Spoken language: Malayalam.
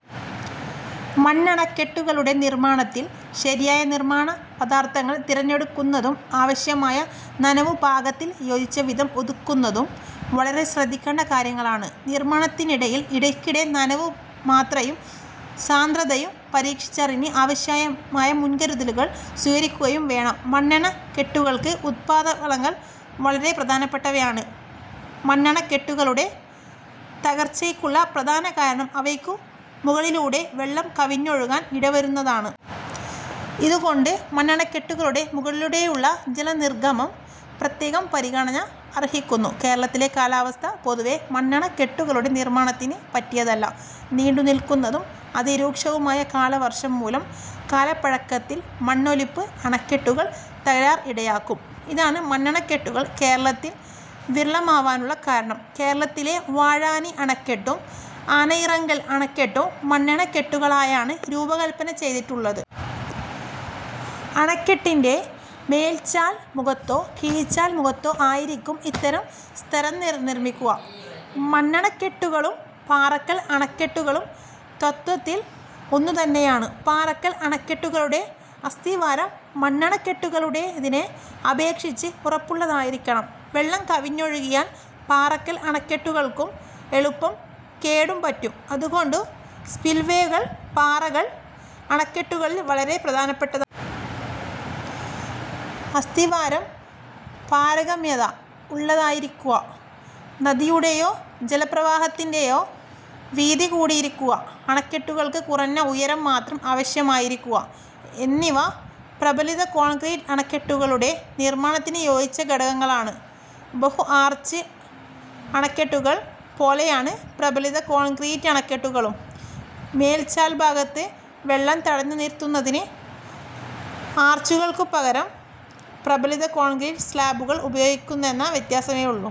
മണ്ണണക്കെട്ടുകളുടെ നിർമ്മാണത്തിൽ ശരിയായ നിർമ്മാണ പദാർഥങ്ങൾ തിരഞ്ഞെടുക്കുന്നതും ആവശ്യമായ 'നനവു പാക'ത്തിൽ യോജിച്ച വിധം ഒതുക്കുന്നതും വളരെ ശ്രദ്ധിക്കേണ്ട കാര്യങ്ങളാണ്. നിർമ്മാണത്തിനിടയിൽ ഇടയ്ക്കിടെ നനവു മാത്രയും സാന്ദ്രതയും പരീക്ഷിച്ചറിഞ്ഞ് ആവശ്യയമായ മുൻകരുതലുകൾ സ്വീകരിക്കുകയും വേണം. മണ്ണണക്കെട്ടുകൾക്ക് ഉത്പാതവളങ്ങൾ വളരെ പ്രധാനപ്പെട്ടവയാണ്. മണ്ണണക്കെട്ടുകളുടെ തകർച്ചയ്ക്കുള്ള പ്രധാന കാരണം അവയ്ക്കു മുകളിലൂടെ വെള്ളം കവിഞ്ഞൊഴുകാൻ ഇടവരുന്നതാണ്. ഇതു കൊണ്ട് മണ്ണണക്കെട്ടുകളുടെ മുകളിലൂടെയുള്ള ജല നിർഗമം പ്രത്യേകം പരിഗണന അർഹിക്കുന്നു. കേരളത്തിലെ കാലാവസ്ഥ പൊതുവേ മണ്ണണക്കെട്ടുകളുടെ നിർമ്മാണത്തിന് പറ്റിയതല്ല. നീണ്ടു നില്ക്കുന്നതും അതിരൂക്ഷവുമായ കാലവർഷം മൂലം കാലപ്പഴക്കത്തിൽ മണ്ണൊലിപ്പ്‌ അണക്കെട്ടുകൾ തകരാൻ ഇടയാകും. ഇതാണ് മണ്ണണക്കെട്ടുകൾ കേരളത്തിൽ വിരളമാവാനുള്ള കാരണം. കേരളത്തിലെ 'വാഴാനി' അണക്കെട്ടും 'ആനയിറങ്കൽ' അണക്കെട്ടും മണ്ണണക്കെട്ടുകളായാണ് രൂപകല്പന ചെയ്തിട്ടുള്ളത്. അണക്കെട്ടിന്റെ മേൽചാൽ മുഖത്തോ കീഴ്ചാൽ മുഖത്തോ ആയിരിക്കും ഇത്തരം സ്തരം നിർ നിർമ്മിക്കുക. മണ്ണണക്കെട്ടുകളും പാറക്കൽ അണക്കെട്ടുകളും തത്ത്വത്തിൽ ഒന്നു തന്നെയാണ്. പാറക്കൽ അണക്കെട്ടുകളുടെ അസ്ഥിവാരം മണ്ണണക്കെട്ടുകളുടേതിനെ അപേക്ഷിച്ച് ഉറപ്പുള്ളതായിരിക്കണം. വെള്ളം കവിഞ്ഞൊഴുകിയാൽ പാറക്കൽ അണക്കെട്ടുകൾക്കും എളുപ്പം കേടു പറ്റും. അതുകൊണ്ടു സ്പിൽവേകൾ പാറകൾ അണക്കെട്ടുകളിലും വളരെ പ്രധാനപ്പെട്ടതാണ്. അസ്ഥിവാരം പാരഗമ്യത ഉള്ളതായിരിക്കുക, നദിയുടെയോ ജല പ്രവാഹത്തിന്റെയോ വീതി കൂടിയിരിക്കുക, അണക്കെട്ടുകൾക്ക് കുറഞ്ഞ ഉയരം മാത്രം ആവശ്യമായിരിക്കുക എന്നിവ പ്രബലിത കോൺക്രീറ്റ് അണക്കെട്ടുകളുടെ നിർമ്മാണത്തിന് യോജിച്ച ഘടകങ്ങളാണ്. ബഹു-ആർച്ച് അണക്കെട്ടുകൾ പോലെയാണ് പ്രബലിത കോൺക്രീറ്റ ണക്കെട്ടുകളും. മേൽചാൽഭാഗത്ത് വെള്ളം തടഞ്ഞുനിർത്തുന്നതിന് ആർച്ചുകൾക്കുപകരം പ്രബലിത കോൺക്രീറ്റ് സ്ളാബുകൾ ഉപയോഗിക്കുന്നെന്ന വ്യത്യാസമേയുള്ളു.